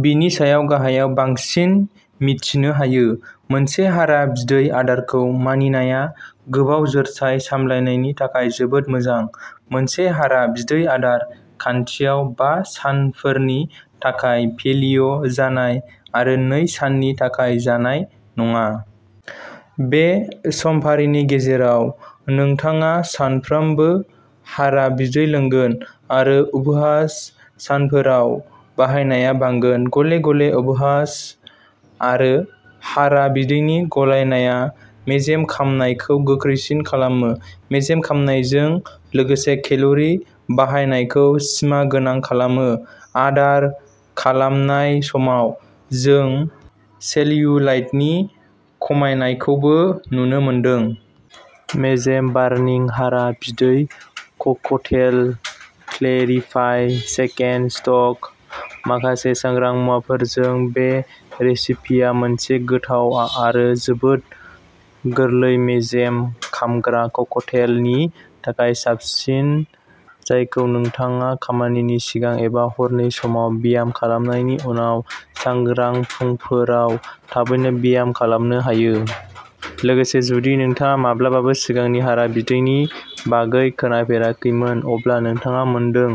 बेनि सायाव गाहायाव बांसिन मिथिनो हायो। मोनसे हारा बिदै आदारखौ मानिनाया गोबाव जोरथाय सामलायनायनि थाखाय जोबोद मोजां। मोनसे हारा बिदै आदार खान्थियाव बा सानफोरनि थाखाय पेलिय' जानाय आरो नै साननि थाखाय जानाय नङा। बे समफारिनि गेजेराव नोंथाङा सानफ्रोमबो हारा बिदै लोंगोन आरो उपबास सानफोराव बाहायनाया बांगोन। गले गले उपबास आरो हारा बिदैनि गलायनाया मेजेम खामनायखौ गोख्रैसिन खालामो, मेजेम खामनायजों लोगोसे केल'रि बाहायनायखौ सिमा गोनां खालामो। आदार खालामनाय समाव, जों सेल्युलाइटनि खमायनायखौबो नुनो मोनदों। मेजेम बार्निं हारा बिदै ककटेल क्लेरिफाइ चिकेन स्टक। माखासे सांग्रां मुवाफोरजों, बे रेसिपिया मोनसे गोथाव आरो जोबोद गोरलै मेजेम खामग्रा ककटेलनि थाखाय साबसिन, जायखौ नोंथाङा खामानिनि सिगां एबा हरनि समाव ब्याम खालामनायनि उनाव सांग्रां फुंफोराव थाबैनो ब्याम खालामनो हायो। लोगोसे जुदि नोंथाङा माब्लाबाबो सिगांनि हारा बिदैनि बागै खोनाफेराखैमोन, अब्ला नोंथाङा मोनदों।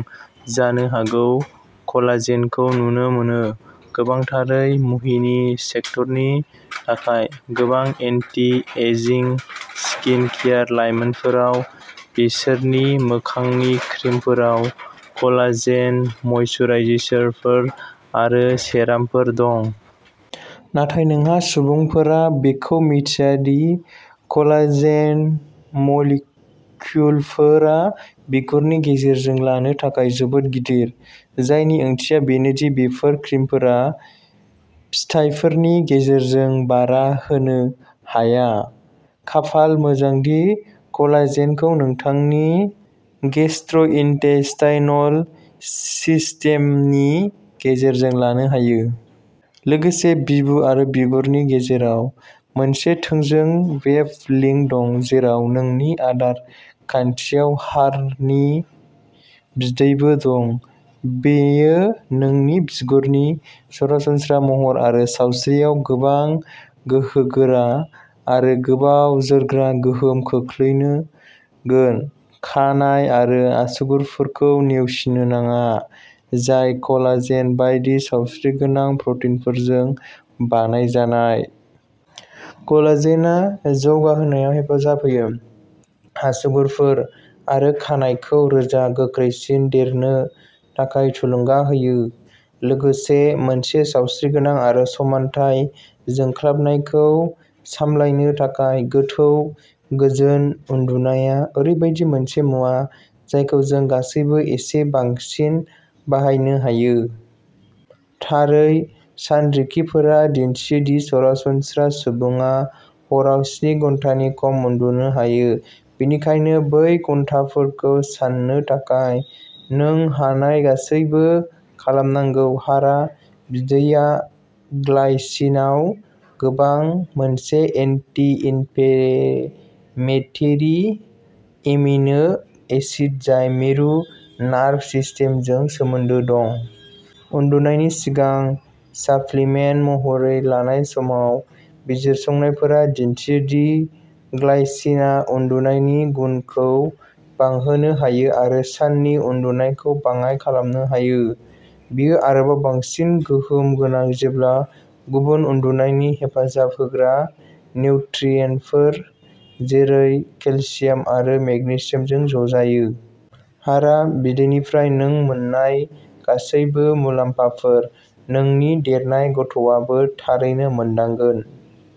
जानो हागौ कलाजेनखौ नुनो मोनो, गोबांथारै मुहिनि सेक्टरनि थाखाय। गोबां एन्टि एजिंग स्किन केयार लाइनफोराव बिसोरनि मोखांनि क्रिमफोराव कलाजेन, मइसुराइजारफोर, आरो सेरामफोर दं। नाथाय गोबां सुबुंफोरा बेखौ मिन्थिया दि कलाजेन मलिक्युलफोरा बिगुरनि गेजेरजों लानो थाखाय जोबोद गिदिर, जायनि ओंथिया बेनो दि बेफोर क्रिमफोरा फिथायफोरनि गेजेरजों बारा होनो हाया। खाफाल मोजां दि कलाजेनखौ नोंनि गेस्ट्र'इन्टेस्टाइनल सिस्टेमनि गेजेरजों लानो हायो। लोगोसे बिबु आरो बिगुरनि गेजेराव मोनसे थोंजों वेब लिंक दं, जेराव नोंनि आदार खान्थियाव हारानि बिदैबो दं, बेयो नोंनि बिगुरनि सरासनस्रा महर आरो सावस्रियाव गोबां गोहोगोरा आरो गोबाव जोरग्रा गोहोम खोख्लैगोन। खानाइ आरो आसुगुरफोरखौ नेवसिनो नाङा, जाय कलाजेन बायदि सावस्रिगोनां प्रटिनफोरजों बानायजानाय। कलाजेनआ जौगाहोनायाव हेफाजाब होयो। आसुगुरफोर, आरो खानायखौ रोजा, गोख्रैसिन देरनो थाखाय थुलुंगा होयो, लोगोसे मोनसे सावस्रिगोनां आरो समानथाय जोंख्लाबनायखौ सामलायनो थाखाय।। गोथौ, गोजोन उन्दुनाया ओरैबायदि मोनसे मुवा जायखौ जों गासैबो एसे बांसिन बाहायनो हायो। थारै, सानरिखिफोरा दिन्थियो दि सरासनस्रा सुबुङा हराव स्नि घन्टानि खम उन्दुनो हायो, बेनिखायनो बै घन्टाफोरखौ साननो थाखाय नों हानाय गासैबो खालामनांगौ। हारा बिदैया ग्लाइसिनआव गोबां, मोनसे एन्टि-इनफ्लेमेटरि एमिनो एसिड जाय मिरु नार्भ सिस्टेम जों सोमोन्दो दं। उन्दुनायनि सिगां साप्लिमेन्ट महरै लानाय समाव, बिजिरसंनायफोरा दिन्थियो दि ग्लाइसिनआ उन्दुनायनि गुनखौ बांहोनो हायो आरो साननि उनदुनायखौ बाङाइ खालामनो हायो। बेयो आरोबाव बांसिन गोहोम गोनां जेब्ला गुबुन उन्दुनायनि हेफाजाब होग्रा निउट्रियेन्टफोर, जेरै केलसियाम आरो मेगनेसियामजों ज'जायो। हारा बिदैनिफ्राय नों मोन्नाय गासैबो मुलाम्फाफोर, नोंनि देरनाय गथ'आबो थारैनो मोनदांगोन।